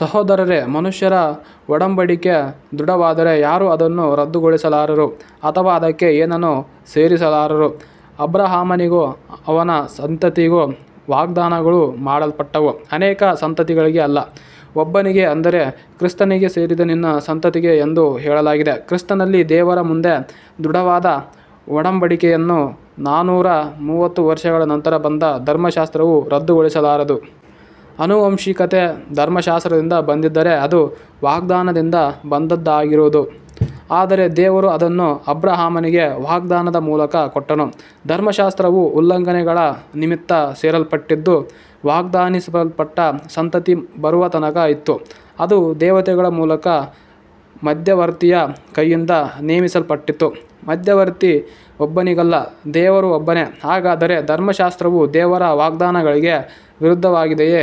ಸಹೋದರರೇ, ಮನುಷ್ಯರ ಒಡಂಬಡಿಕೆ ದೃಢವಾದರೆ ಯಾರೂ ಅದನ್ನು ರದ್ದುಗೊಳಿಸಲಾರರು ಅಥವಾ ಅದಕ್ಕೆ ಏನನ್ನೂ ಸೇರಿಸಲಾರರು. ಅಬ್ರಹಾಮನಿಗೂ ಅವನ ಸಂತತಿಗೂ ವಾಗ್ದಾನಗಳು ಮಾಡಲ್ಪಟ್ಟವು. ಅನೇಕ ಸಂತತಿಗಳಿಗೆ ಅಲ್ಲ, ಒಬ್ಬನಿಗೆ, ಅಂದರೆ ಕ್ರಿಸ್ತನಿಗೆ ಸೇರಿದ ನಿನ್ನ ಸಂತತಿಗೆ ಎಂದು ಹೇಳಲಾಗಿದೆ. ಕ್ರಿಸ್ತನಲ್ಲಿ ದೇವರ ಮುಂದೆ ದೃಢವಾದ ಒಡಂಬಡಿಕೆಯನ್ನು ನಾನೂರ ಮೂವತ್ತು ವರ್ಷಗಳ ನಂತರ ಬಂದ ಧರ್ಮಶಾಸ್ತ್ರವು ರದ್ದುಗೊಳಿಸಲಾರದು. ಆನುವಂಶಿಕತೆ ಧರ್ಮಶಾಸ್ತ್ರದಿಂದ ಬಂದಿದ್ದರೆ ಅದು ವಾಗ್ದಾನದಿಂದ ಬಂದದ್ದಾಗಿರದು, ಆದರೆ ದೇವರು ಅದನ್ನು ಅಬ್ರಹಾಮನಿಗೆ ವಾಗ್ದಾನದ ಮೂಲಕ ಕೊಟ್ಟನು. ಧರ್ಮಶಾಸ್ತ್ರವು ಉಲ್ಲಂಘನೆಗಳ ನಿಮಿತ್ತ ಸೇರಿಸಲ್ಪಟ್ಟಿದ್ದು, ವಾಗ್ದಾನಿಸಲ್ಪಟ್ಟ ಸಂತತಿ ಬರುವ ತನಕ ಇತ್ತು. ಅದು ದೇವತೆಗಳ ಮೂಲಕ ಮಧ್ಯವರ್ತಿಯ ಕೈಯಿಂದ ನೇಮಿಸಲ್ಪಟ್ಟಿತು. ಮಧ್ಯವರ್ತಿ ಒಬ್ಬನಿಗಲ್ಲ, ದೇವರು ಒಬ್ಬನೇ. ಹಾಗಾದರೆ ಧರ್ಮಶಾಸ್ತ್ರವು ದೇವರ ವಾಗ್ದಾನಗಳಿಗೆ ವಿರುದ್ಧವಾಗಿದೆಯೇ.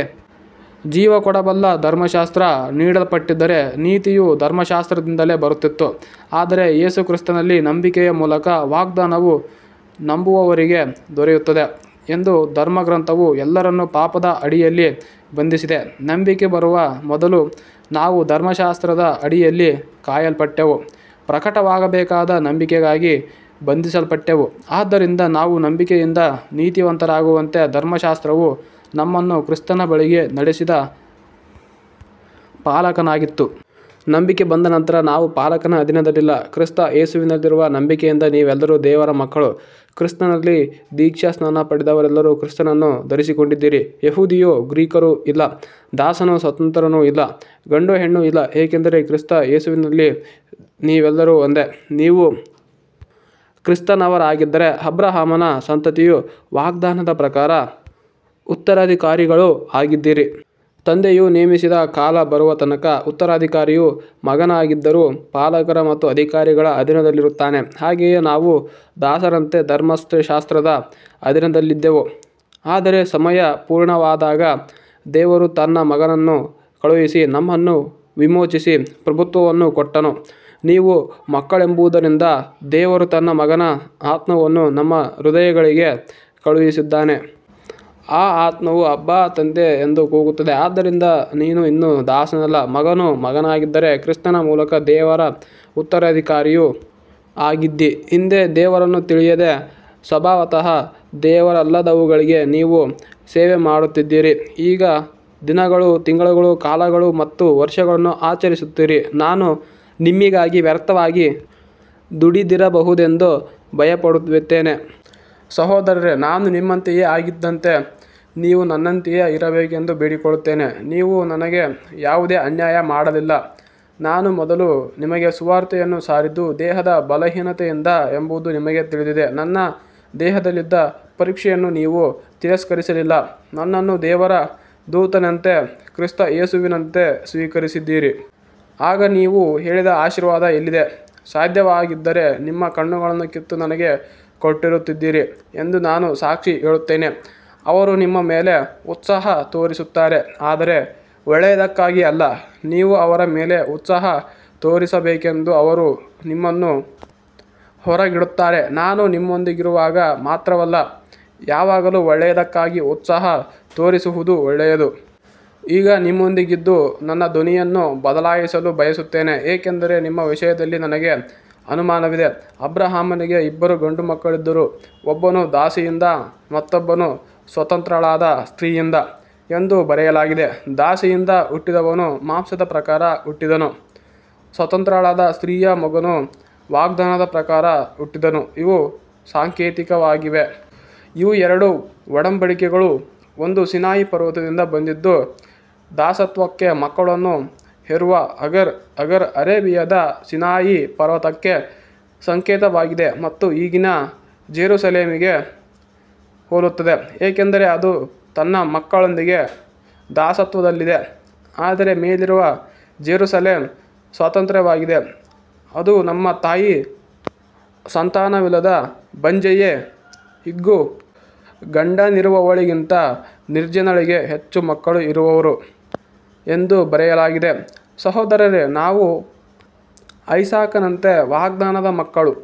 ಜೀವಕೊಡಬಲ್ಲ ಧರ್ಮಶಾಸ್ತ್ರ ನೀಡಲ್ಪಟ್ಟಿದ್ದರೆ ನೀತಿಯು ಧರ್ಮಶಾಸ್ತ್ರದಿಂದಲೇ ಬರುತ್ತಿತ್ತು. ಆದರೆ ಯೇಸು ಕ್ರಿಸ್ತನಲ್ಲಿ ನಂಬಿಕೆಯ ಮೂಲಕ ವಾಗ್ದಾನವು ನಂಬುವವರಿಗೆ ದೊರೆಯುತ್ತದೆ ಎಂದು ಧರ್ಮಗ್ರಂಥವು ಎಲ್ಲರನ್ನೂ ಪಾಪದ ಅಡಿಯಲ್ಲಿ ಬಂಧಿಸಿದೆ. ನಂಬಿಕೆ ಬರುವ ಮೊದಲು ನಾವು ಧರ್ಮಶಾಸ್ತ್ರದ ಅಡಿಯಲ್ಲಿ ಕಾಯಲ್ಪಟ್ಟೆವು, ಪ್ರಕಟವಾಗಬೇಕಾದ ನಂಬಿಕೆಗಾಗಿ ಬಂಧಿಸಲ್ಪಟ್ಟೆವು. ಆದ್ದರಿಂದ ನಾವು ನಂಬಿಕೆಯಿಂದ ನೀತಿವಂತರಾಗುವಂತೆ ಧರ್ಮಶಾಸ್ತ್ರವು ನಮ್ಮನ್ನು ಕ್ರಿಸ್ತನ ಬಳಿಗೆ ನಡೆಸಿದ ಪಾಲಕನಾಗಿತ್ತು. ನಂಬಿಕೆ ಬಂದ ನಂತರ ನಾವು ಪಾಲಕನ ಅಧೀನದಲ್ಲಿಲ್ಲ. ಕ್ರಿಸ್ತ ಯೇಸುವಿನಲ್ಲಿರುವ ನಂಬಿಕೆಯಿಂದ ನೀವೆಲ್ಲರೂ ದೇವರ ಮಕ್ಕಳು. ಕ್ರಿಸ್ತನಲ್ಲಿ ದೀಕ್ಷಾಸ್ನಾನ ಪಡೆದವರೆಲ್ಲರೂ ಕ್ರಿಸ್ತನನ್ನು ಧರಿಸಿಕೊಂಡಿದ್ದೀರಿ. ಯಹೂದಿಯೂ ಗ್ರೀಕರೂ ಇಲ್ಲ, ದಾಸನೂ ಸ್ವತಂತ್ರನೂ ಇಲ್ಲ, ಗಂಡೂ ಹೆಣ್ಣೂ ಇಲ್ಲ, ಏಕೆಂದರೆ ಕ್ರಿಸ್ತ ಯೇಸುವಿನಲ್ಲಿ ನೀವೆಲ್ಲರೂ ಒಂದೇ. ನೀವು ಕ್ರಿಸ್ತನವರಾಗಿದ್ದರೆ ಅಬ್ರಹಾಮನ ಸಂತತಿಯೂ ವಾಗ್ದಾನದ ಪ್ರಕಾರ ಉತ್ತರಾಧಿಕಾರಿಗಳೂ ಆಗಿದ್ದೀರಿ. ತಂದೆಯು ನೇಮಿಸಿದ ಕಾಲ ಬರುವ ತನಕ ಉತ್ತರಾಧಿಕಾರಿಯು ಮಗನಾಗಿದ್ದರೂ ಪಾಲಕರ ಮತ್ತು ಅಧಿಕಾರಿಗಳ ಅಧೀನದಲ್ಲಿರುತ್ತಾನೆ. ಹಾಗೆಯೇ ನಾವು ದಾಸರಂತೆ ಧರ್ಮಶಾಸ್ತ್ರದ ಅಧೀನದಲ್ಲಿದ್ದೆವು, ಆದರೆ ಸಮಯ ಪೂರ್ಣವಾದಾಗ ದೇವರು ತನ್ನ ಮಗನನ್ನು ಕಳುಹಿಸಿ ನಮ್ಮನ್ನು ವಿಮೋಚಿಸಿ ಪುತ್ರತ್ವವನ್ನು ಕೊಟ್ಟನು. ನೀವು ಮಕ್ಕಳೆಂಬುದರಿಂದ ದೇವರು ತನ್ನ ಮಗನ ಆತ್ಮವನ್ನು ನಮ್ಮ ಹೃದಯಗಳಿಗೆ ಕಳುಹಿಸಿದ್ದಾನೆ. ಆ ಆತ್ಮವು ಅಬ್ಬಾ ತಂದೆ ಎಂದು ಕೂಗುತ್ತದೆ. ಆದ್ದರಿಂದ ನೀನು ಇನ್ನು ದಾಸನಲ್ಲ, ಮಗನು. ಮಗನಾಗಿದ್ದರೆ ಕ್ರಿಸ್ತನ ಮೂಲಕ ದೇವರ ಉತ್ತರಾಧಿಕಾರಿಯೂ ಆಗಿದ್ದೀ. ಹಿಂದೆ ದೇವರನ್ನು ತಿಳಿಯದೆ ಸ್ವಭಾವತಃ ದೇವರಲ್ಲದವುಗಳಿಗೆ ನೀವು ಸೇವೆ ಮಾಡುತ್ತಿದ್ದಿರಿ. ಈಗ ದಿನಗಳು, ತಿಂಗಳುಗಳು, ಕಾಲಗಳು ಮತ್ತು ವರ್ಷಗಳನ್ನು ಆಚರಿಸುತ್ತೀರಿ. ನಾನು ನಿಮ್ಮಿಗಾಗಿ ವ್ಯರ್ಥವಾಗಿ ದುಡಿದಿರಬಹುದೆಂದು ಭಯಪಡುತ್ತೇನೆ. ಸಹೋದರರೇ, ನಾನು ನಿಮ್ಮಂತೆಯೇ ಆಗಿದ್ದಂತೆ ನೀವು ನನ್ನಂತೆಯೇ ಇರಬೇಕೆಂದು ಬೇಡಿಕೊಳ್ಳುತ್ತೇನೆ. ನೀವು ನನಗೆ ಯಾವುದೇ ಅನ್ಯಾಯ ಮಾಡಲಿಲ್ಲ. ನಾನು ಮೊದಲು ನಿಮಗೆ ಸುವಾರ್ತೆಯನ್ನು ಸಾರಿದ್ದು ದೇಹದ ಬಲಹೀನತೆಯಿಂದ ಎಂಬುದು ನಿಮಗೆ ತಿಳಿದಿದೆ. ನನ್ನ ದೇಹದಲ್ಲಿದ್ದ ಪರೀಕ್ಷೆಯನ್ನು ನೀವು ತಿರಸ್ಕರಿಸಲಿಲ್ಲ, ನನ್ನನ್ನು ದೇವರ ದೂತನಂತೆ, ಕ್ರಿಸ್ತ ಯೇಸುವಿನಂತೆ ಸ್ವೀಕರಿಸಿದ್ದೀರಿ. ಆಗ ನೀವು ಹೇಳಿದ ಆಶೀರ್ವಾದ ಎಲ್ಲಿದೆ. ಸಾಧ್ಯವಾಗಿದ್ದರೆ ನಿಮ್ಮ ಕಣ್ಣುಗಳನ್ನು ಕಿತ್ತು ನನಗೆ ಕೊಟ್ಟಿರುತ್ತಿದ್ದಿರಿ ಎಂದು ನಾನು ಸಾಕ್ಷಿ ಹೇಳುತ್ತೇನೆ. ಅವರು ನಿಮ್ಮ ಮೇಲೆ ಉತ್ಸಾಹ ತೋರಿಸುತ್ತಾರೆ, ಆದರೆ ಒಳ್ಳೆಯದಕ್ಕಾಗಿ ಅಲ್ಲ. ನೀವು ಅವರ ಮೇಲೆ ಉತ್ಸಾಹ ತೋರಿಸಬೇಕೆಂದು ಅವರು ನಿಮ್ಮನ್ನು ಹೊರಗಿಡುತ್ತಾರೆ. ನಾನು ನಿಮ್ಮೊಂದಿಗಿರುವಾಗ ಮಾತ್ರವಲ್ಲ, ಯಾವಾಗಲೂ ಒಳ್ಳೆಯದಕ್ಕಾಗಿ ಉತ್ಸಾಹ ತೋರಿಸುವುದು ಒಳ್ಳೆಯದು. ಈಗ ನಿಮ್ಮೊಂದಿಗಿದ್ದು ನನ್ನ ಧ್ವನಿಯನ್ನು ಬದಲಾಯಿಸಲು ಬಯಸುತ್ತೇನೆ, ಏಕೆಂದರೆ ನಿಮ್ಮ ವಿಷಯದಲ್ಲಿ ನನಗೆ ಅನುಮಾನವಿದೆ. ಅಬ್ರಹಾಮನಿಗೆ ಇಬ್ಬರು ಗಂಡುಮಕ್ಕಳಿದ್ದರು, ಒಬ್ಬನು ದಾಸಿಯಿಂದ, ಮತ್ತೊಬ್ಬನು ಸ್ವತಂತ್ರಳಾದ ಸ್ತ್ರೀಯಿಂದ ಎಂದು ಬರೆಯಲಾಗಿದೆ. ದಾಸಿಯಿಂದ ಹುಟ್ಟಿದವನು ಮಾಂಸದ ಪ್ರಕಾರ ಹುಟ್ಟಿದನು, ಸ್ವತಂತ್ರಳಾದ ಸ್ತ್ರೀಯ ಮಗನು ವಾಗ್ದಾನದ ಪ್ರಕಾರ ಹುಟ್ಟಿದನು. ಇವು ಸಾಂಕೇತಿಕವಾಗಿವೆ. ಇವು ಎರಡು ಒಡಂಬಡಿಕೆಗಳು. ಒಂದು ಸೀನಾಯಿ ಪರ್ವತದಿಂದ ಬಂದದ್ದು, ದಾಸತ್ವಕ್ಕೆ ಮಕ್ಕಳನ್ನು ಹೆರುವ ಅಗರ್. ಅಗರ್ ಅರೇಬಿಯಾದ ಸೀನಾಯಿ ಪರ್ವತಕ್ಕೆ ಸಂಕೇತವಾಗಿದೆ ಮತ್ತು ಈಗಿನ ಜೆರುಸಲೇಮಿಗೆ ಹೋಲುತ್ತದೆ, ಏಕೆಂದರೆ ಅದು ತನ್ನ ಮಕ್ಕಳೊಂದಿಗೆ ದಾಸತ್ವದಲ್ಲಿದೆ. ಆದರೆ ಮೇಲಿರುವ ಜೆರುಸಲೇಮ್ ಸ್ವತಂತ್ರವಾಗಿದೆ, ಅದು ನಮ್ಮ ತಾಯಿ. ಸಂತಾನವಿಲ್ಲದ ಬಂಜೆಯೇ, ಹಿಗ್ಗು. ಗಂಡನಿರುವವಳಿಗಿಂತ ನಿರ್ಜನಳಿಗೆ ಹೆಚ್ಚು ಮಕ್ಕಳು ಇರುವರು ಎಂದು ಬರೆಯಲಾಗಿದೆ. ಸಹೋದರರೇ, ನಾವು ಐಸಾಕನಂತೆ ವಾಗ್ದಾನದ ಮಕ್ಕಳು.